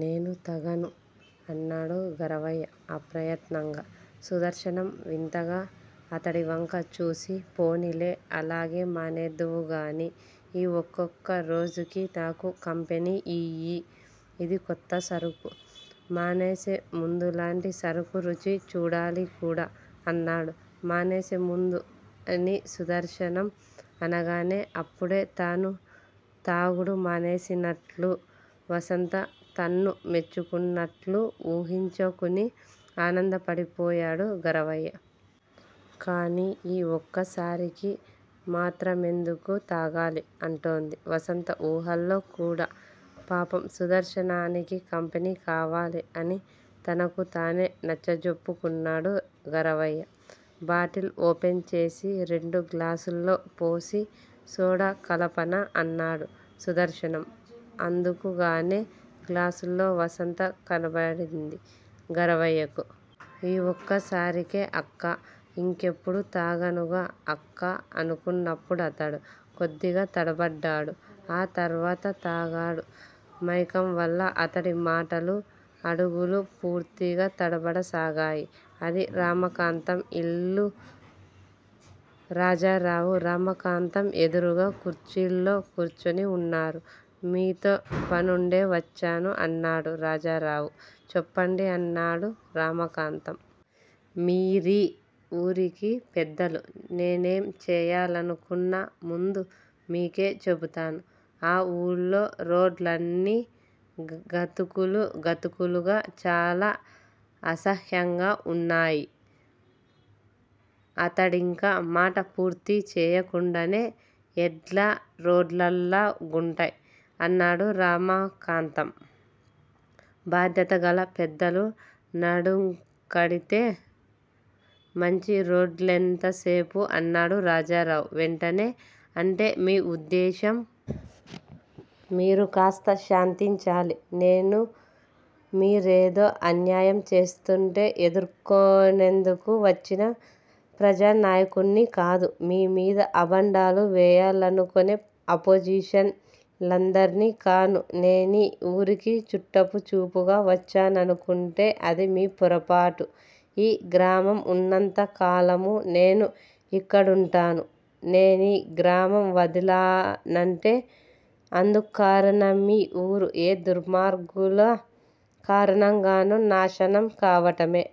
నేను తగను __ అన్నాడు గరవయ్య అప్రయత్నంగా. సుదర్శనం వింతగా అతడివంక చూసి __ పొనీలే _ అలాగే మానేద్దువుగాని. ఈ ఒక్కొక్కరోజుకీ నాకు కంపెనీ యియ్యి. ఇది కొత్తసరుకు. మానేసేముందిలాంటి సరుకు రుచి చూడాలి కూడా __ అన్నాడు. మానేసేముందు అని సుదర్శనం అనగానే, అప్పుడే తాను తాగుడు మానేసినట్లూ, వసంత తన్ను మెచ్చుకుంటున్నట్ట్లూ ఊహించకుని, ఆనందపడిపోయాడు గరవయ్య. కానీ, ఈ ఒక్కసారికీ మాత్రమెందుకు తాగాలి? అంటోంది వసంత ఊహల్లో కూడా. పాపం సుదర్శనానికి కంపెనీ కావాలి అని తనకుతానే నచ్చజెప్పుకున్నాడు గరవయ్య. బాటిల్ ఓపెన్ చేసి రెండు గ్లాసుల్లో పోసి _ సోడా కలపనా? అన్నాడు. సుదర్శనం. అందుకుగానే గ్లాసుల్లో వసంత కనబడింది. గరవయ్యకు. ఈ ఒక్కసారికే అక్కా __ ఇంకెప్పుడూ తాగనుగా అక్కా అనుకున్నప్పుడతడు కొద్దిగా తడబడ్డాడు. ఆ తర్వాత తాగాడు మైకంవల్ల అతడి మాటలూ, అడగులూ పూర్తిగా తడబడసాగాయి. అది రమాకాంతం యిల్లు. రాజారావు, రమకాంతంఎదురుగా కుర్చీల్లో కూర్చొని ఉన్నారు. మీతో పనుండే వచ్చాను అన్నాడు రాజారావు. చెప్పండి __ అన్నాడు రామాకాంతం. మీరీ ఊరికి పెద్దలు. నేనేంచేయాలనుకున్నాముందు మీకే చెబుతాను. ఆ ఊళ్ళో రోడ్లన్నీ గతుకులు గతుకులుగా, చాలా అసహ్యంగా ఉన్నాయి అతడింకా మాట పూర్తీచేయకుండానే __ ఎడ్లరోడ్లల్లా గుంటాయ్? అన్నాడు రమాకాంతం. భాధ్యతగల పెద్దలు నడుంకడితే __ మంచిరోడ్లెంత సేపు? అన్నాడు రాజారావు వెంటనే. అంటే మీ ఉద్దేశ్యం? మీరు కాస్త శాంతించాలి. నేను మీరేదో అన్యాయం చేస్తూంటే ఎదుర్కోనేందుకు వచ్చిన ప్రజానాయకుడ్ని కాదు. మీమీద అభాండాలు వేయాలనుకునే అపోజిషన్ లందర్నీ కాను. నేనీ ఊరికి చుట్టపుచూపుగా వచ్చాననుకుంటే అది మీ పొరపాటు. ఈ గ్రామం ఉన్నంత కాలమూ _ నేనూ ఇక్కడుంటాను. నేనీ గ్రామం వదిలానంటే అందుక్కారణమీ ఊరు ఏ దుర్మార్గుల కారణంగానో నాశనం కావడమే!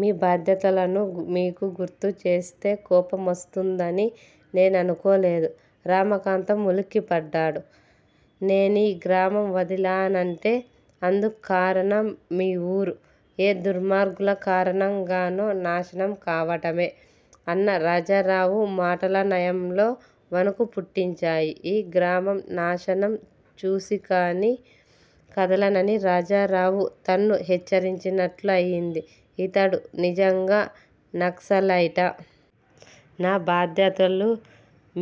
మీ బాధ్యతలను మీకు గుర్తుచేస్తే _ కోపమోస్తుందని నేననుకోలేదు. రమాకాంతం ఉలిక్కిపడ్డాడు __ నేనీ గ్రామం వదిలానంటే అందుక్కారణంమీఊరు ఏ దుర్మార్గుల కారణంగానో నాశనం కావటమే! అన్న రాజారావు మాటలాయనంలో వణుకు పుట్టించాయి. ఈ గ్రామం నాశనం చూసికానీ కదలనని రాజారావు తన్ను హెచ్చరించినట్లయింది. ఇతడు నిజంగా నక్సలైటా? నా బాధ్యతలు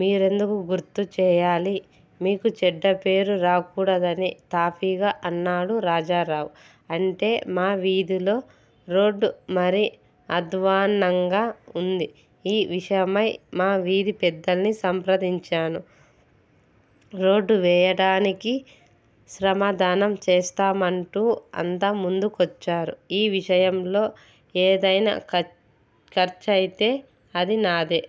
మీరెందుకు గుర్తుచేయాలి? మీకు చెడ్డపేరు రాకూడదని __ తాఫీగా అన్నాడు రాజారావు. అంటే! మా వీధిలో రోడ్డు మరీ అద్వాన్నంగా ఉంది. ఈ విషయమై మా వీధి పెద్దల్ని సంప్రదించాను. రోడ్డువేయటానికి శ్రమదానం చేస్తామంటూ అంతా ముందుకొచ్చారు. ఈ విషయంలో ఏదయినా ఖర్చయితే అది నాదే!